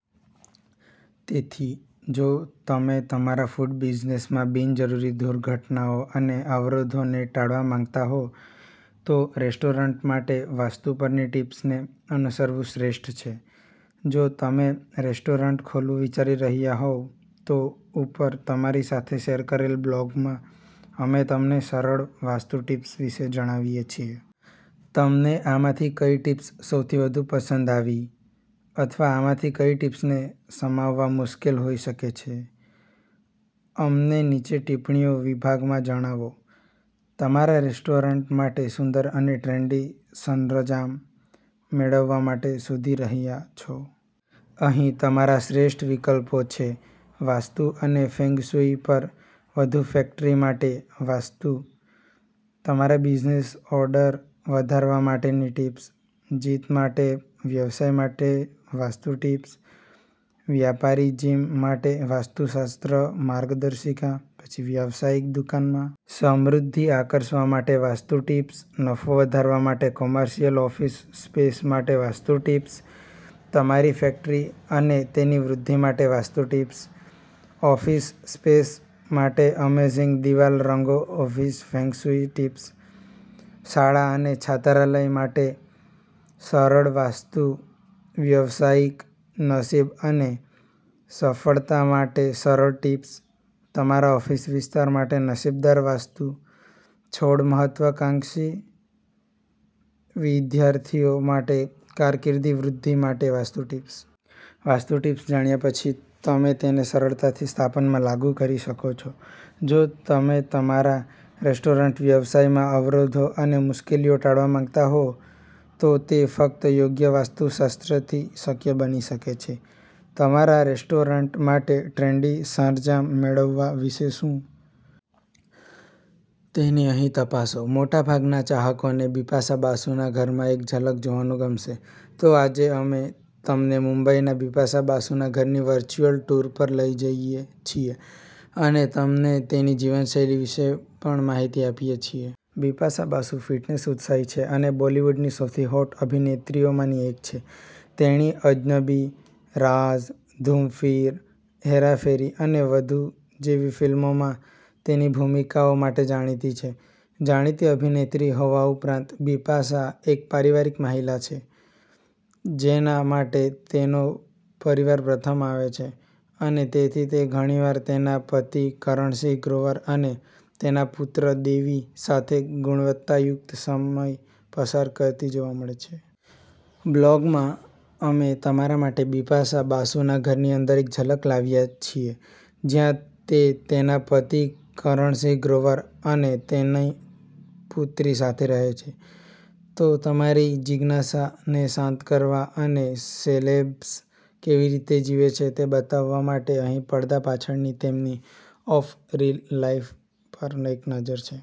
તેથી, જો તમે તમારા ફૂડ બિઝનેસમાં બિનજરૂરી દુર્ઘટનાઓ અને અવરોધોને ટાળવા માંગતા હો, તો રેસ્ટોરન્ટ માટે વાસ્તુ પરની ટીપ્સને અનુસરવું શ્રેષ્ઠ છે. જો તમે રેસ્ટોરન્ટ ખોલવાનું વિચારી રહ્યા હોવ તો ઉપર તમારી સાથે શેર કરેલ બ્લોગમાં અમે તમને સરળ વાસ્તુ ટિપ્સ વિશે જણાવીએ છીએ. તમને આમાંથી કઈ ટીપ્સ સૌથી વધુ પસંદ આવી? અથવા આમાંથી કઈ ટીપ્સને સમાવવા મુશ્કેલ હોઈ શકે છે? અમને નીચે ટિપ્પણીઓ વિભાગમાં જણાવો. તમારા રેસ્ટોરન્ટ માટે સુંદર અને ટ્રેન્ડી સરંજામ મેળવવા માટે શોધી રહ્યાં છો? અહીં તમારા શ્રેષ્ઠ વિકલ્પો છે. વાસ્તુ અને ફેંગ શુઇ પર વધુ ફેક્ટરી માટે વાસ્તુ, તમારા બિઝનેસ ઓર્ડર વધારવા માટેની ટિપ્સ, જીત માટે, વ્યવસાય માટે વાસ્તુ ટિપ્સ, વ્યાપારી જીમ માટે વાસ્તુશાસ્ત્ર માર્ગદર્શિકા, વ્યવસાયિક દુકાનમાં સમૃદ્ધિ આકર્ષવા માટે વાસ્તુ ટિપ્સ, નફો વધારવા માટે કોમર્શિયલ ઓફિસ સ્પેસ માટે વાસ્તુ ટિપ્સ, તમારી ફેક્ટરી અને તેની વૃદ્ધિ માટે વાસ્તુ ટિપ્સ, ઓફિસ સ્પેસ માટે અમેઝિંગ દિવાલ રંગો ઓફિસ ફેંગ શુઇ ટિપ્સ, શાળા અને છાત્રાલય માટે સરળ વાસ્તુ વ્યવસાયિક નસીબ અને સફળતા માટે સરળ ટિપ્સ, તમારા ઓફિસ વિસ્તાર માટે નસીબદાર વાસ્તુ છોડ મહત્વાકાંક્ષી વિદ્યાર્થીઓ માટે કારકિર્દી વૃદ્ધિ માટે વાસ્તુ ટિપ્સ. વાસ્તુ ટિપ્સ જાણ્યા પછી તમે તેને સરળતાથી સ્થાપનામાં લાગુ કરી શકો છો. જો તમે તમારા રેસ્ટોરન્ટ વ્યવસાયમાં અવરોધો અને મુશ્કેલીઓ ટાળવા માંગતા હો, તો તે ફક્ત યોગ્ય વાસ્તુશાસ્ત્રથી શક્ય બની શકે છે. તમારા રેસ્ટોરન્ટ માટે ટ્રેન્ડી સરંજામ મેળવવા વિશે શું? તેને અહીં તપાસો. મોટાભાગના ચાહકોને બિપાશા બાસુના ઘરમાં એક ઝલક જોવાનું ગમશે. તો આજે અમે તમને મુંબઈમાં બિપાશા બાસુના ઘરની વર્ચ્યુઅલ ટૂર પર લઈ જઈએ છીએ અને તમને તેની જીવનશૈલી વિશે પણ માહિતી આપીએ છીએ. બિપાશા બાસુ ફિટનેસ ઉત્સાહી છે અને બોલીવુડની સૌથી હોટ અભિનેત્રીઓમાંની એક છે. તેણી અજનબી, રાઝ, ધૂમફિર, હેરા ફેરી અને વધુ જેવી ફિલ્મોમાં તેની ભૂમિકાઓ માટે જાણીતી છે. જાણીતી અભિનેત્રી હોવા ઉપરાંત, બિપાશા એક પારિવારિક મહિલા છે જેના માટે તેનો પરિવાર પ્રથમ આવે છે અને તેથી તે ઘણીવાર તેના પતિ કરણ સિંહ ગ્રોવર અને તેની પુત્રી દેવી સાથે ગુણવત્તાયુક્ત સમય પસાર કરતી જોવા મળે છે. બ્લોગમાં અમે તમારા માટે બિપાશા બાસુના ઘરની અંદર એક ઝલક લાવ્યા છીએ જ્યાં તે તેના પતિ કરણ સિંહ ગ્રોવર અને તેમની પુત્રી સાથે રહે છે. તો તમારી જિજ્ઞાસાને શાંત કરવા અને સેલેબ્સ કેવી રીતે જીવે છે તે બતાવવા માટે અહીં પડદા પાછળની તેમની ઑફ-રીલ લાઇફ પર એક નજર છે.